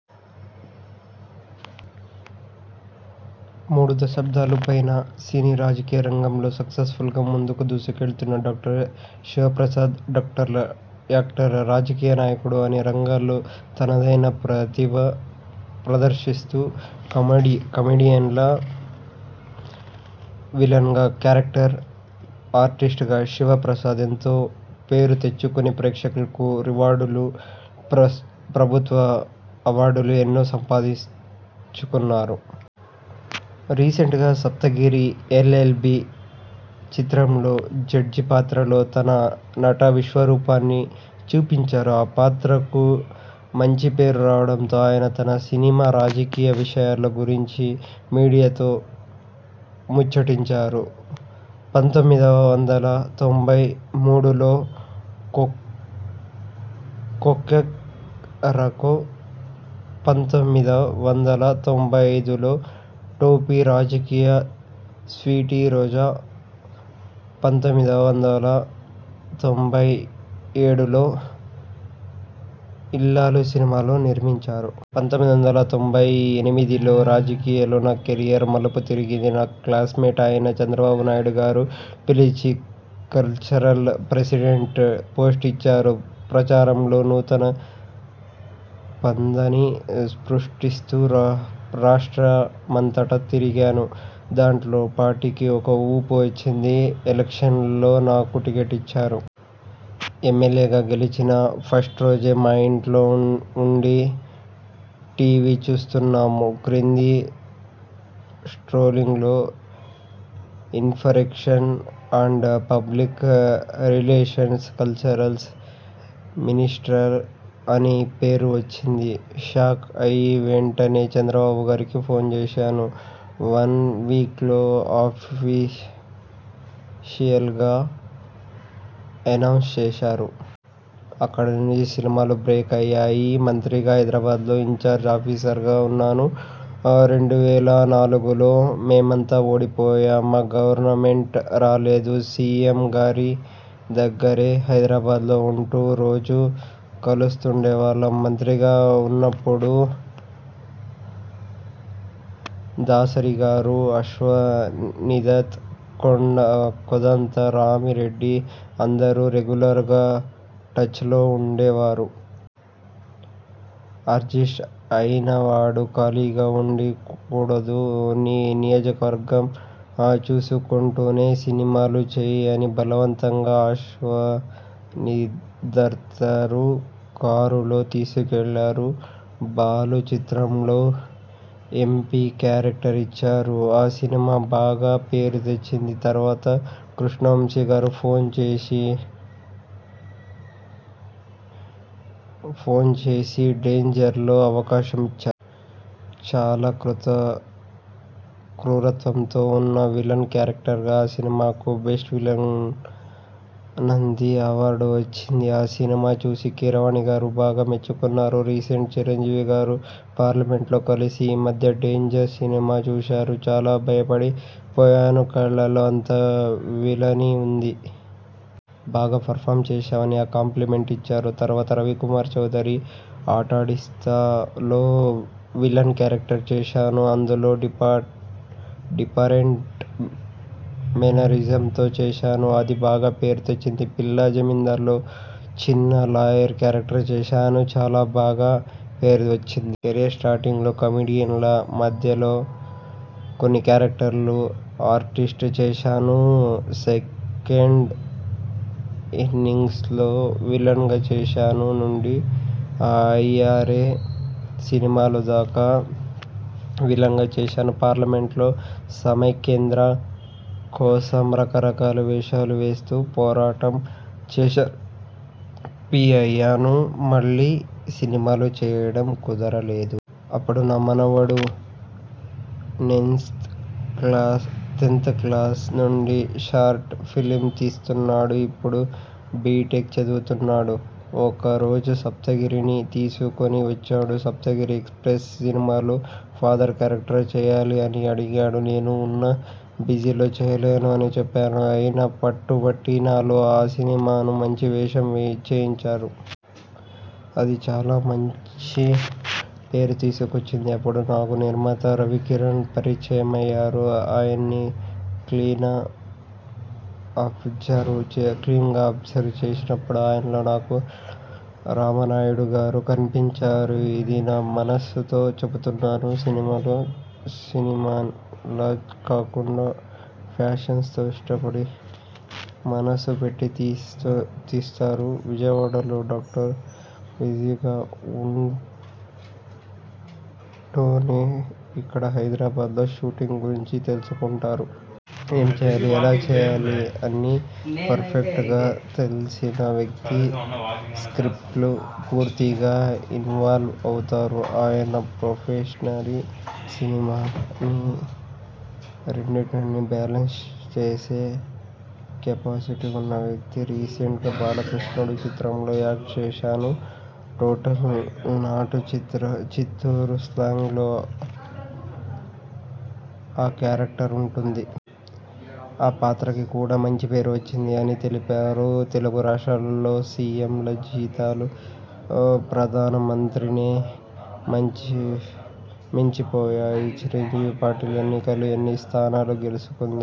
మూడు దశాబ్దాలుకు పైగా సినీ, రాజకీయ రంగంలో సక్సెస్ఫుల్గా ముందుకు దూసుకెళ్తున్నారు డా. శివప్రసాద్. డాక్టర్గా, యాక్టర్గా, రాజకీయ నాయకుడిగా అన్నీ రంగాల్లో తనదైన ప్రతిభ ప్రదర్శిస్తూ, కమెడియన్గా, విలన్గా, క్యారెక్టర్ ఆర్టిస్ట్గా శివ ప్రసాద్ ఎంతో పేరు తెచ్చుకుని ప్రేక్షకుల రివార్డులు, ప్రభుత్వ అవార్డులు ఎన్నో సంపాదించుకున్నారు. రీసెంట్గా 'సప్తగిరి ఎల్. ఎల్. బి' చిత్రంలో జడ్జి పాత్రలో తన నట విశ్వరూపాన్ని చూపించారు. ఆ పాత్రకు మంచి పేరు రావడంతో ఆయన తన సినిమా, రాజకీయ విషయాల గురించి మీడియాతో ముచ్చటించారు. పంతొమ్మిది వందల తొంభై మూడులో 'కొక్కొరకో', పంతొమ్మిది వందల తొంభై ఐదులో 'టోపీ రాజా స్వీటీ రోజా', పంతొమ్మిది వందల తొంభై ఏడులో 'ఇల్లాలు' సినిమాలు నిర్మించాను. పంతొమ్మిది వందల తొంభై ఎనిమిదిలో రాజకీయంగా నా కెరీర్ మలుపు తిరిగింది. నా క్లాస్మేట్ అయిన చంద్రబాబు నాయుడు గారు పిలిచి కల్చరల్ ప్రెసిడెంట్ పోస్ట్ ఇచ్చారు. ప్రచారంలో నూతన పంధాని సృష్టిస్తూ రాష్ట్ర మంతటా తిరిగాను. దాంతో పార్టీకి ఒక ఊపు వచ్చింది. ఎలక్షన్స్లో నాకు టిక్కెట్ ఇచ్చారు. ఎమ్మెల్యేగా గెలిచాను. ఫస్ట్ రోజే మా ఇంట్లో వుండి టీ. వి చూస్తున్నాను. క్రింద స్క్రోలింగ్లో information and public relation cultural minister అని పేరు వచ్చింది. షాక్ అయి వెంటనే చంద్రబాబు గారికి ఫోన్ చేశాను. వన్ వీక్లో అఫీషియల్గా ఎనౌన్స్ చేశారు. అక్కడ నుండి సినిమాలు బ్రేక్ అయ్యాయి. మంత్రిగా, హైదరాబాద్ ఇంఛార్జి ఆఫీసర్గా వున్నాను. రెండు వేల నాలుగులో మేమంతా ఓడిపోయాం. మా గవర్నమెంట్ రాలేదు. సి. ఎం. గారి దగ్గరే హైదరాబాద్లో ఉంటూ రోజూ కలుస్తుండే వాళ్ళం. మంత్రిగా ఉన్నప్పుడు దాసరి గారు, అశ్వనీదత్, కోదండ రామిరెడ్డి అందరూ రెగ్యులర్గా టచ్లో వుండే వారు. ఆర్టిస్ట్ అనేవాడు ఖాళీగా వుండ కూడదు. నీ నియోజకవర్గం చూసుకుంటూనే సినిమాలు చెయ్ అని బలవంతంగా అశ్వనీదత్గారు కారులో తీసుకెళ్ళారు. 'బాలు' చిత్రంలో ఎం. పి. క్యారెక్టర్ ఇచ్చారు. ఆ సినిమా బాగా పేరు తెచ్చింది. తర్వాత కృష్ణవంశీ గారు ఫోన్ చేసి 'డేంజర్'లో అవకాశం ఇచ్చారు. చాలా క్రూరత్వం వున్న విలన్ క్యారెక్టర్. ఆ సినిమాకి బెస్ట్ విలన్గా నంది అవార్డు వచ్చింది. ఆ సినిమా చూసి కీరవాణి గారు బాగా మెచ్చుకున్నారు. రీసెంట్గా చిరంజీవి గారు పార్లమెంట్లో కలిసి ఈ మధ్య 'డేంజర్' సినిమా చూశాను. చాలా భయపడి పోయాను. కళ్ళలో అంత విలనీ వుంది. బాగా పెర్ఫార్మ్ చేశావు అని కాంప్లిమెంట్ ఇచ్చారు. తర్వాత రవికుమార్ చౌదరి 'ఆటాడిస్తా'లో విలన్ క్యారెక్టర్ చేశాను. అందులో డిఫరెంట్ మేనరిజం తో చేశాను. అది బాగా పేరు తెచ్చింది. 'పిల్ల జమీందార్'లో చిన్న లాయర్ క్యారెక్టర్ చేశాను. అది చాలా బాగా పేరు వచ్చింది. కెరీర్ స్టార్టింగ్లో కమెడియన్గా, మధ్యలో కొన్ని క్యారెక్టర్ ఆర్టిస్ట్గా చేశాను. సెకండ్ ఇన్నింగ్స్లో విలన్గా చేశాను. నుండి 'అయ్యారే' సినిమా దాకా విలన్గా చేశాను. పార్లమెంట్లో సమైఖ్యాంధ్ర కోసం రకరకాల వేషాలు వేస్తూ పోరాటం చేశాను. పీ అయ్యాను. మళ్ళీ సినిమాలు చేయడం కుదర లేదు. అప్పుడు నా మనవడు నైన్త్ క్లాస్ నుండి షార్ట్ ఫిలింస్ తీస్తున్నాడు. ఇప్పుడు బిటెక్ చదువుతున్నాడు. ఒకరోజు సప్తగిరిని తీసుకొని వచ్చాడు. 'సప్తగిరి ఎక్స్ప్రెస్' సినిమాలో ఫాదర్ క్యారెక్టర్ చేయాలి అని అడిగారు. నేను వున్న బిజీలో చేయలేను అని చెప్పాను. అయినా పట్టు బట్టి నాలో ఆ సినిమాలో మంచి వేషం చేయించారు. అది చాలా మంచి పేరు తీసుకొచ్చింది. అప్పుడే నాకు నిర్మాత రవికిరణ్గారు పరిచయం అయ్యారు. ఆయన్ని క్లీన్గా అబ్జర్వ్ చేసినప్పుడు ఆయనలో నాకు రామానాయుడు గారు కన్పించారు. ఇది నా మనసుతో చెప్తున్నాను. సినిమాని సినిమాలా కాకుండా ప్యాషన్తో ఇష్టంతో మనసు పెట్టి తీస్తారు. విజయవాడ లో డాక్టర్గా బిజీగా వుంటూనే ఇక్కడ హైదరాబాద్లో షూటింగ్ గురించి తెలుసుకుంటారు. ఏం చెయ్యాలి? ఎలా చెయ్యాలి అన్నీ పర్ఫెక్ట్గా తెల్సిన వ్యక్తి. స్క్రిప్ట్లో పూర్తిగా ఇన్వాల్వ్ అవుతారు. ఆయన ప్రొఫెషన్ని, సినిమాని రెండింటినీ బేలెన్స్ చేసే కెపాసిటీ వున్న వ్యక్తి. రీసెంట్గా 'బాలకృష్ణుడు' చిత్రంలో యాక్ట్ చేశాను. టోటల్ నాటు చిత్తూరు స్లాంగ్లో ఆ క్యారెక్టర్ వుంటుంది. ఆ పాత్రకి కూడా మంచి పేరు వచ్చింది, అని తెలిపారు. తెలుగు రాష్ట్రాల సీఎంల జీతాలు ప్రధాన మంత్రినే మించి పోయాయి! చిరంజీవి పార్టీ ఎన్నికల్లో ఎన్ని స్థానాలు గెలుచుకుంది?